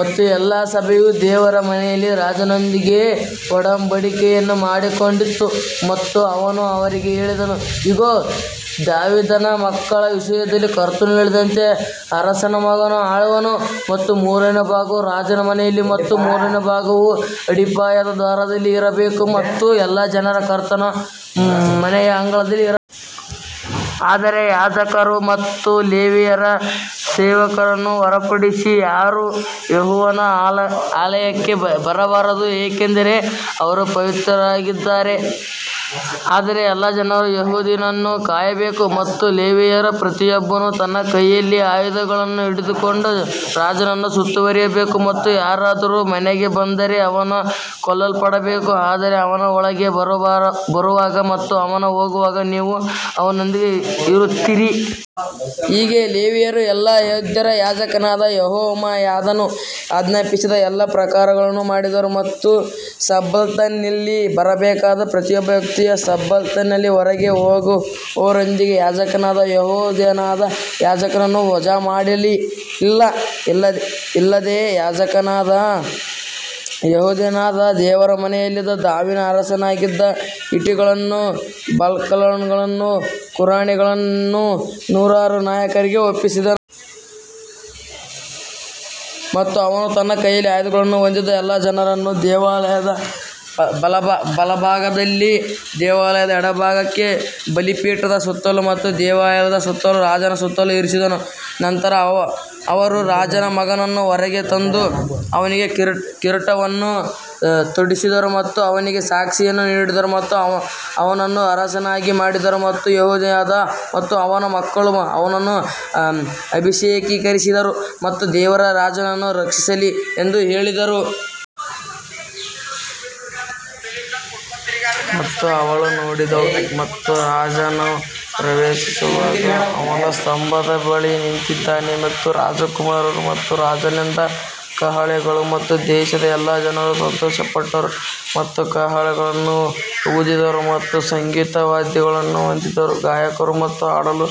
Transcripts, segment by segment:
ಮತ್ತು ಎಲ್ಲಾ ಸಭೆಯು ದೇವರ ಮನೆಯಲ್ಲಿ ರಾಜನೊಂದಿಗೆ ಒಡಂಬಡಿಕೆಯನ್ನು ಮಾಡಿಕೊಂಡಿತು ಮತ್ತು ಅವನು ಅವರಿಗೆ ಹೇಳಿದನು, ಇಗೋ, ದಾವೀದನ ಮಕ್ಕಳ ವಿಷಯದಲ್ಲಿ ಕರ್ತನು ಹೇಳಿದಂತೆ ಅರಸನ ಮಗನು ಆಳುವನು. ಮತ್ತು ಮೂರನೇ ಭಾಗವು ರಾಜರ ಮನೆಯಲ್ಲಿ ಮತ್ತು ಮೂರನೇ ಭಾಗವು ಅಡಿಪಾಯದ ದ್ವಾರದಲ್ಲಿ ಇರಬೇಕು ಮತ್ತು ಎಲ್ಲಾ ಜನರು ಕರ್ತನ ಮನೆಯ ಅಂಗಳದಲ್ಲಿ ಇರಬೇಕು. ಆದರೆ ಯಾಜಕರು ಮತ್ತು ಲೇವಿಯರ ಸೇವಕರನ್ನು ಹೊರತುಪಡಿಸಿ ಯಾರೂ ಯೆಹೋವನ ಆಲಯಕ್ಕೆ ಬರಬಾರದು, ಏಕೆಂದರೆ ಅವರು ಪವಿತ್ರರಾಗಿರುತ್ತಾರೆ ಆದರೆ ಎಲ್ಲಾ ಜನರು ಯೆಹೋವನನ್ನು ಕಾಯಬೇಕು. ಮತ್ತು ಲೇವಿಯರು ಪ್ರತಿಯೊಬ್ಬನು ತನ್ನ ಕೈಯಲ್ಲಿ ಆಯುಧಗಳನ್ನು ಹಿಡಿದುಕೊಂಡು ರಾಜನನ್ನು ಸುತ್ತುವರಿಯಬೇಕು ಮತ್ತು ಯಾರಾದರೂ ಮನೆಗೆ ಬಂದರೆ ಅವನು ಕೊಲ್ಲಲ್ಪಡಬೇಕು ಆದರೆ ಅವನು ಒಳಗೆ ಬರುವಾಗ ಮತ್ತು ಅವನು ಹೋಗುವಾಗ ನೀವು ಅವನೊಂದಿಗೆ ಇರುತ್ತೀರಿ. ಹೀಗೆ ಲೇವಿಯರೂ ಎಲ್ಲಾ ಯೆಹೂದ್ಯರೂ ಯಾಜಕನಾದ ಯೆಹೋಯಾದನು ಆಜ್ಞಾಪಿಸಿದ ಎಲ್ಲಾ ಪ್ರಕಾರಗಳನ್ನು ಮಾಡಿದರು ಮತ್ತು ಸಬ್ಬತ್ನಲ್ಲಿ ಬರಬೇಕಾದ ಪ್ರತಿಯೊಬ್ಬ ವ್ಯಕ್ತಿಯನ್ನು ಸಬ್ಬತ್ನಲ್ಲಿ ಹೊರಗೆ ಹೋಗುವವರೊಂದಿಗೆ ಯಾಜಕನಾದ ಯೆಹೋಯಾದಾನ ಯಾಜಕನನ್ನು ವಜಾಮಾಡಲಿಲ್ಲ. ಇದಲ್ಲದೆ ಯಾಜಕನಾದ ಯೆಹೋಯಾದನು ದೇವರ ಮನೆಯಲ್ಲಿದ್ದ ದಾವೀದನ ಅರಸನಾಗಿದ್ದ ಈಟಿಗಳನ್ನೂ ಬಕಲ್ಗಳನ್ನೂ ಗುರಾಣಿಗಳನ್ನೂ ನೂರಾರು ನಾಯಕರಿಗೆ ಒಪ್ಪಿಸಿದನು. ಮತ್ತು ಅವನು ತನ್ನ ಕೈಯಲ್ಲಿ ಆಯುಧವನ್ನು ಹೊಂದಿದ್ದ ಎಲ್ಲಾ ಜನರನ್ನು ದೇವಾಲಯದ ಬಲಭಾಗದಿಂದ ದೇವಾಲಯದ ಎಡಭಾಗಕ್ಕೆ ಬಲಿಪೀಠದ ಸುತ್ತಲೂ ಮತ್ತು ದೇವಾಲಯದ ಸುತ್ತಲೂ ರಾಜನ ಸುತ್ತಲೂ ಇರಿಸಿದನು. ನಂತರ ಅವರು ರಾಜರ ಮಗನನ್ನು ಹೊರಗೆ ತಂದು ಅವನಿಗೆ ಕಿರೀಟವನ್ನು ತೊಡಿಸಿದರು ಮತ್ತು ಅವನಿಗೆ ಸಾಕ್ಷಿಯನ್ನು ನೀಡಿದರು ಮತ್ತು ಅವನನ್ನು ಅರಸನನ್ನಾಗಿ ಮಾಡಿದರು ಮತ್ತು ಯೆಹೋಯಾದಾ ಮತ್ತು ಅವನ ಮಕ್ಕಳು ಅವನನ್ನು ಅಭಿಷೇಕಿಸಿದರು ಮತ್ತು ದೇವರು ರಾಜನನ್ನು ರಕ್ಷಿಸಲಿ ಎಂದು ಹೇಳಿದರು. ಮತ್ತು ಅವಳು ನೋಡಿದಳು ಮತ್ತು ರಾಜನು ಪ್ರವೇಶಿಸುವಾಗ ಅವನ ಸ್ತಂಭದ ಬಳಿ ನಿಂತಿದ್ದಾನೆ ಮತ್ತು ರಾಜಕುಮಾರರು ಮತ್ತು ರಾಜನಿಂದ ಕಹಳೆಗಳು ಮತ್ತು ದೇಶದ ಎಲ್ಲಾ ಜನರು ಸಂತೋಷಪಟ್ಟರು ಮತ್ತು ಕಹಳೆಗಳನ್ನು ಊದಿದರು ಮತ್ತು ಸಂಗೀತ ವಾದ್ಯಗಳನ್ನು ಹೊಂದಿರುವ ಗಾಯಕರು ಮತ್ತು ಹಾಡಲು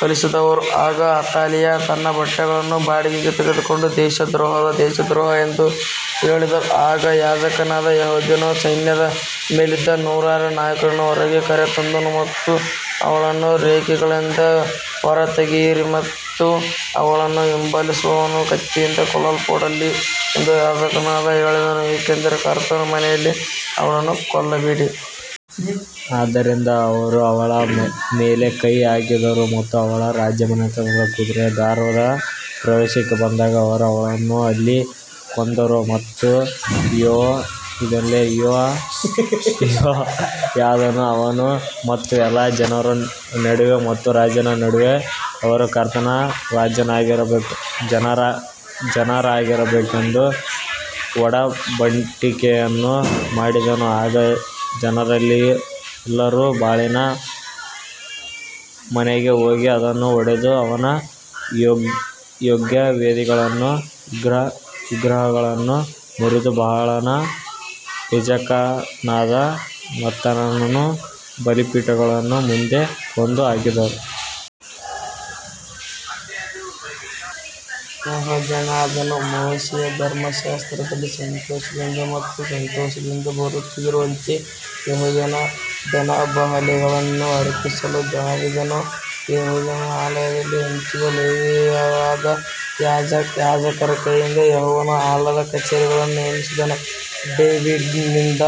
ಕಲಿಸಿದವರು. ಆಗ ಅತಾಲಿಯಾ ತನ್ನ ಬಟ್ಟೆಗಳನ್ನು ಬಾಡಿಗೆಗೆ ತೆಗೆದುಕೊಂಡು ದೇಶದ್ರೋಹದ ದೇಶದ್ರೋಹ ಎಂದು ಹೇಳಿದಳು ಆಗ ಯಾಜಕನಾದ ಯೆಹೋಯಾದನು ಸೈನ್ಯದ ಮೇಲಿದ್ದ ನೂರಾರು ನಾಯಕರನ್ನು ಹೊರಗೆ ಕರೆತಂದನು ಮತ್ತು ಅವಳನ್ನು ರೇಖೆಗಳಿಂದ ಹೊರತೆಗೆಯಿರಿ ಮತ್ತು ಅವಳನ್ನು ಹಿಂಬಾಲಿಸುವವನು ಕತ್ತಿಯಿಂದ ಕೊಲ್ಲಲ್ಪಡಲಿ ಎಂದು ಯಾಜಕನು ಹೇಳಿದನು ಏಕೆಂದರೆ ಕರ್ತನ ಮನೆಯಲ್ಲಿ ಅವಳನ್ನು ಕೊಲ್ಲಬೇಡಿ. ಆದ್ದರಿಂದ ಅವರು ಅವಳ ಮೇಲೆ ಕೈ ಹಾಕಿದರು ಮತ್ತು ಅವಳು ರಾಜಮನೆತನದ ಕುದುರೆ ದ್ವಾರದ ಪ್ರವೇಶಕ್ಕೆ ಬಂದಾಗ ಅವರು ಅವಳನ್ನು ಅಲ್ಲಿ ಕೊಂದರು. ಮತ್ತು ಯೆಹೋಯಾದನು ಅವನ ಮತ್ತು ಎಲ್ಲಾ ಜನರ ನಡುವೆ ಮತ್ತು ರಾಜನ ನಡುವೆ ಅವರು ಕರ್ತನ ಜನರಾಗಬೇಕೆಂದು ಒಡಂಬಡಿಕೆಯನ್ನು ಮಾಡಿದನು. ಆಗ ಜನರೆಲ್ಲರೂ ಬಾಳನ ಮನೆಗೆ ಹೋಗಿ ಅದನ್ನು ಒಡೆದು ಅವನ ಯಜ್ಞವೇದಿಗಳನ್ನೂ ವಿಗ್ರಹಗಳನ್ನೂ ಮುರಿದು ಬಾಳನ ಯಾಜಕನಾದ ಮತ್ತಾನನನ್ನು ಬಲಿಪೀಠಗಳ ಮುಂದೆ ಕೊಂದು ಹಾಕಿದರು. ಯೆಹೋಯಾದನು ಮೋಶೆಯ ಧರ್ಮಶಾಸ್ತ್ರದಲ್ಲಿ ಸಂತೋಷದಿಂದ ಮತ್ತು ಸಂತೋಷದಿಂದ ಬರೆದಿರುವಂತೆ ಯೆಹೋವನ ದಹನಬಲಿಗಳನ್ನು ಅರ್ಪಿಸಲು ದಾವೀದನು ಯೆಹೋವನ ಆಲಯದಲ್ಲಿ ಹಂಚಿದ ಲೇವಿಯರಾದ ಯಾಜಕರ ಕೈಯಿಂದ ಯೆಹೋವನ ಆಲಯದ ಕಚೇರಿಗಳನ್ನು ನೇಮಿಸಿದನು. ಡೇವಿಡ್ನಿಂದ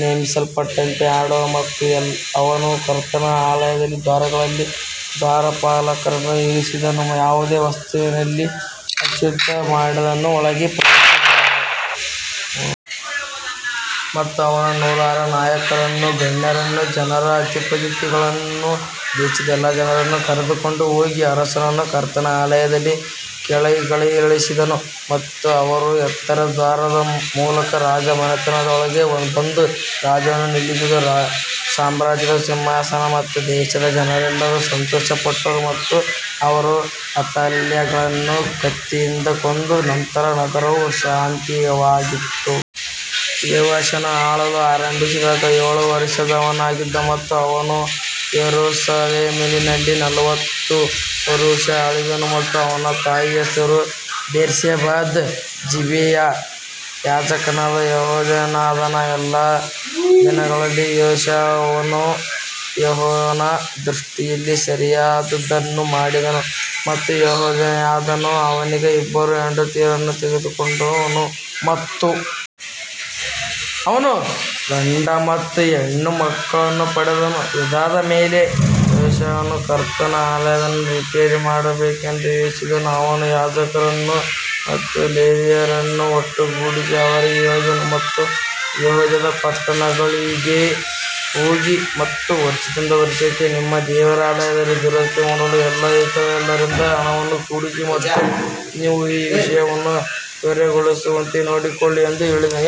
ನೇಮಿಸಲ್ಪಟ್ಟಂತೆ ಹಾಡುವುದು ಮತ್ತು ಅವನು ಕರ್ತನ ಆಲಯದ ದ್ವಾರಗಳಲ್ಲಿ ದ್ವಾರಪಾಲಕರನ್ನು ಇರಿಸಿದನು, ಯಾವುದೇ ವಸ್ತುವಿನಲ್ಲಿ ಅಶುದ್ಧವಾದವನು ಒಳಗೆ ಪ್ರವೇಶಿಸಬಾರದು. ಮತ್ತು ಅವನು ನೂರಾರು ನಾಯಕರನ್ನೂ, ಗಣ್ಯರನ್ನೂ, ಜನರ ಅಧಿಪತಿಗಳನ್ನೂ, ದೇಶದ ಎಲ್ಲಾ ಜನರನ್ನು ಕರೆದುಕೊಂಡು ಹೋಗಿ ಅರಸನನ್ನು ಕರ್ತನ ಆಲಯದಿಂದ ಕೆಳಗಿಳಿಸಿದನು ಮತ್ತು ಅವರು ಎತ್ತರದ ದ್ವಾರದ ಮೂಲಕ ರಾಜಮನೆತನದೊಳಗೆ ಬಂದು ರಾಜನನ್ನು ನಿಲ್ಲಿಸಿದರು. ಸಾಮ್ರಾಜ್ಯದ ಸಿಂಹಾಸನ ಮತ್ತು ದೇಶದ ಜನರೆಲ್ಲರೂ ಸಂತೋಷಪಟ್ಟರು ಮತ್ತು ಅವರು ಅಥಾಲ್ಯಳನ್ನು ಕತ್ತಿಯಿಂದ ಕೊಂದ ನಂತರ ನಗರವು ಶಾಂತವಾಗಿತ್ತು. ಯೋವಾಷನು ಆಳಲು ಆರಂಭಿಸಿದಾಗ ಏಳು ವರ್ಷದವನಾಗಿದ್ದನು ಮತ್ತು ಅವನು ಯೆರೂಸಲೇಮಿನಲ್ಲಿ ನಲವತ್ತು ವರುಷ ಆಳಿದನು ಮತ್ತು ಅವನ ತಾಯಿಯ ಹೆಸರು ಬೇರ್ಷೆಬಾದ ಜಿಬಿಯಾ. ಯಾಜಕನಾದ ಯೆಹೋಯಾದನ ಎಲ್ಲಾ ದಿನಗಳಲ್ಲಿ ಯೋವಾಷನು ಯೆಹೋವನ ದೃಷ್ಟಿಯಲ್ಲಿ ಸರಿಯಾದದ್ದನ್ನು ಮಾಡಿದನು. ಮತ್ತು ಯೆಹೋಯಾದನು ಅವನಿಗೆ ಇಬ್ಬರು ಹೆಂಡತಿಯರನ್ನು ತೆಗೆದುಕೊಂಡನು ಮತ್ತು ಅವನು ಗಂಡು ಮತ್ತು ಹೆಣ್ಣು ಮಕ್ಕಳನ್ನು ಪಡೆದನು ಇದಾದ ಮೇಲೆ ಯೋವಾಷನು ಕರ್ತನ ಆಲಯವನ್ನು ರಿಪೇರಿ ಮಾಡಬೇಕೆಂದು ಯೋಚಿಸಿದನು ಅವನು ಯಾಜಕರನ್ನು ಮತ್ತು ಲೇವಿಯರನ್ನು ಒಟ್ಟುಗೂಡಿಸಿ ಅವರಿಗೆ ಹೇಳಿದನು ಮತ್ತು ಯೆಹೂದದ ಪಟ್ಟಣಗಳಿಗೆ ಹೋಗಿ ಮತ್ತು ವರ್ಷದಿಂದ ವರ್ಷಕ್ಕೆ ನಿಮ್ಮ ದೇವರ ಆಲಯವನ್ನು ದುರಸ್ತಿ ಮಾಡಲು ಎಲ್ಲಾ ಇಸ್ರಾಯೇಲ್ಯರಿಂದ ಹಣವನ್ನು ಕೂಡಿಸಿ ಮತ್ತು ನೀವು ಈ ವಿಷಯವನ್ನು ತ್ವರೆಗೊಳಿಸುವಂತೆ ನೋಡಿಕೊಳ್ಳಿ ಎಂದು ಹೇಳಿದನು.